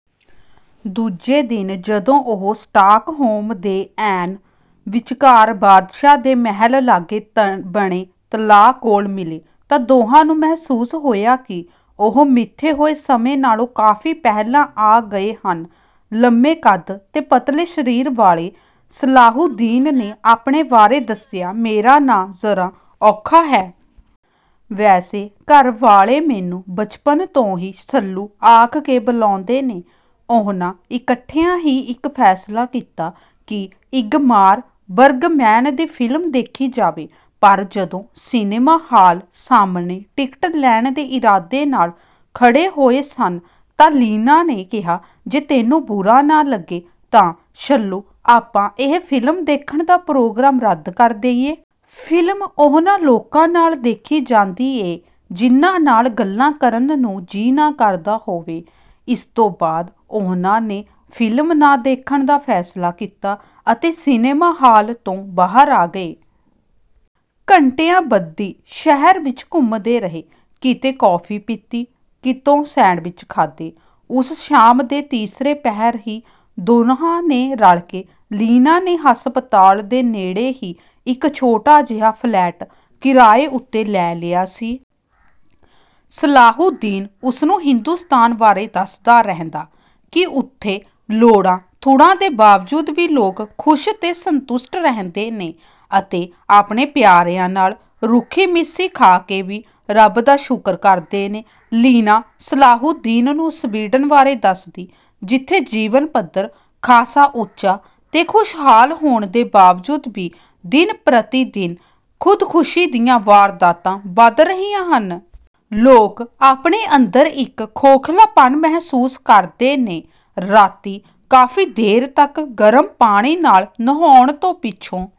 ਦੂਜੇ ਦਿਨ, ਜਦੋਂ ਉਹ ਸਟਾਕਹੋਮ ਦੇ ਐਨ ਵਿਚਕਾਰ ਬਾਦਸ਼ਾਹ ਦੇ ਮਹਿਲ ਲਾਗੇ ਬਣੇ ਤਲਾਅ ਕੋਲ ਮਿਲੇ, ਤਾਂ ਦੋਹਾਂ ਨੂੰ ਮਹਿਸੂਸ ਹੋਇਆ ਕਿ ਉਹ ਮਿੱਥੇ ਹੋਏ ਸਮੇਂ ਨਾਲੋਂ ਕਾਫ਼ੀ ਪਹਿਲਾਂ ਆ ਗਏ ਹਨ। ਲੰਮੇ ਕੱਦ ਤੇ ਪਤਲੇ ਸਰੀਰ ਵਾਲੇ ਸਲਾਹੂਦੀਨ ਨੇ ਆਪਣੇ ਬਾਰੇ ਦੱਸਿਆ, "ਮੇਰਾ ਨਾਂ ਜ਼ਰਾ ਔਖਾ ਹੈ... ਵੈਸੇ ਘਰ ਵਾਲੇ ਮੈਨੂੰ ਬਚਪਨ ਤੋਂ ਹੀ ਸੱਲੂ ਆਖ ਕੇ ਬੁਲਾਂਦੇ ਨੇ।" ਉਹਨਾਂ ਇਕੱਠਿਆਂ ਹੀ ਇੱਕ ਫ਼ੈਸਲਾ ਕੀਤਾ ਕਿ ਇੰਗਮਾਰ ਬਰਗਮੈਨ ਦੀ ਫ਼ਿਲਮ ਦੇਖੀ ਜਾਵੇ। ਪਰ ਜਦੋਂ ਸਿਨੇਮਾ ਹਾਲ ਸਾਹਮਣੇ ਟਿਕਟ ਲੈਣ ਦੇ ਇਰਾਦੇ ਨਾਲ ਖੜ੍ਹੇ ਹੋਏ ਸਨ, ਤਾਂ ਲੀਨਾ ਨੇ ਕਿਹਾ, "ਜੇ ਤੈਨੂੰ ਬੁਰਾ ਨਾ ਲੱਗੇ ਤਾਂ, ਸੱਲੂ, ਆਪਾਂ ਇਹ ਫ਼ਿਲਮ ਦੇਖਣ ਦਾ ਪ੍ਰੋਗਰਾਮ ਰੱਦ ਕਰ ਦੇਈਏ। ਫ਼ਿਲਮ ਉਹਨਾਂ ਲੋਕਾਂ ਨਾਲ ਦੇਖੀ ਜਾਂਦੀ ਏ, ਜਿਨ੍ਹਾਂ ਨਾਲ ਗੱਲਾਂ ਕਰਨ ਨੂੰ ਜੀਅ ਨਾ ਕਰਦਾ ਹੋਵੇ।" ਇਸ ਤੋਂ ਬਾਅਦ ਉਹਨਾਂ ਨੇ ਫ਼ਿਲਮ ਨਾ ਦੇਖਣ ਦਾ ਫ਼ੈਸਲਾ ਕੀਤਾ ਅਤੇ ਸਿਨੇਮਾ ਹਾਲ ਤੋਂ ਬਾਹਰ ਆ ਗਏ। ਘੰਟਿਆਂ ਬੱਧੀ ਸ਼ਹਿਰ ਵਿੱਚ ਘੁੰਮਦੇ ਰਹੇ। ਕਿਤੇ ਕਾਫ਼ੀ ਪੀਤੀ, ਕਿਤੋਂ ਸੈਂਡਵਿਚ ਖਾਧੇ। ਉਸੇ ਸ਼ਾਮ ਦੇ ਤੀਸਰੇ ਪਹਿਰ ਹੀ ਦੋਹਾਂ ਨੇ ਰਲ ਕੇ, ਲੀਨਾ ਦੇ ਹਸਪਤਾਲ ਦੇ ਨੇੜੇ ਹੀ ਇੱਕ ਛੋਟਾ ਜਿਹਾ ਫ਼ਲੈਟ ਕਿਰਾਏ ਉੱਤੇ ਲੈ ਲਿਆ ਸੀ। ਸਲਾਹੂਦੀਨ ਉਸਨੂੰ ਹਿੰਦੁਸਤਾਨ ਬਾਰੇ ਦੱਸਦਾ ਰਹਿੰਦਾ ਕਿ ਉੱਥੇ ਲੋੜਾਂ-ਥੁੜਾਂ ਦੇ ਬਾਵਜੂਦ ਵੀ ਲੋਕ ਖੁਸ਼ ਤੇ ਸੰਤੁਸ਼ਟ ਰਹਿੰਦੇ ਨੇ ਅਤੇ ਆਪਣੇ ਪਿਆਰਿਆਂ ਨਾਲ ਰੁੱਖੀ-ਮਿੱਸੀ ਖਾ ਕੇ ਵੀ ਰੱਬ ਦਾ ਸ਼ੁਕਰ ਕਰਦੇ ਨੇ। ਲੀਨਾ ਸਲਾਹੂਦੀਨ ਨੂੰ ਸਵੀਡਨ ਬਾਰੇ ਦੱਸਦੀ—ਜਿੱਥੇ ਜੀਵਨ-ਪੱਧਰ ਖਾਸਾ ਉੱਚਾ ਤੇ ਖੁਸ਼ਹਾਲ ਹੋਣ ਦੇ ਬਾਵਜੂਦ ਵੀ ਦਿਨ-ਪ੍ਰਤੀ-ਦਿਨ ਖ਼ੁਦਕੁਸ਼ੀ ਦੀਆਂ ਵਾਰਦਾਤਾਂ ਵੱਧ ਰਹੀਆਂ ਹਨ। ਲੋਕ ਆਪਣੇ ਅੰਦਰ ਇੱਕ ਖੋਖਲਾਪਨ ਮਹਿਸੂਸ ਕਰਦੇ ਨੇ। ਰਾਤੀਂ ਕਾਫ਼ੀ ਦੇਰ ਤੱਕ ਗਰਮ ਪਾਣੀ ਨਾਲ ਨਹਾਉਣ ਤੋਂ ਪਿੱਛੋਂ...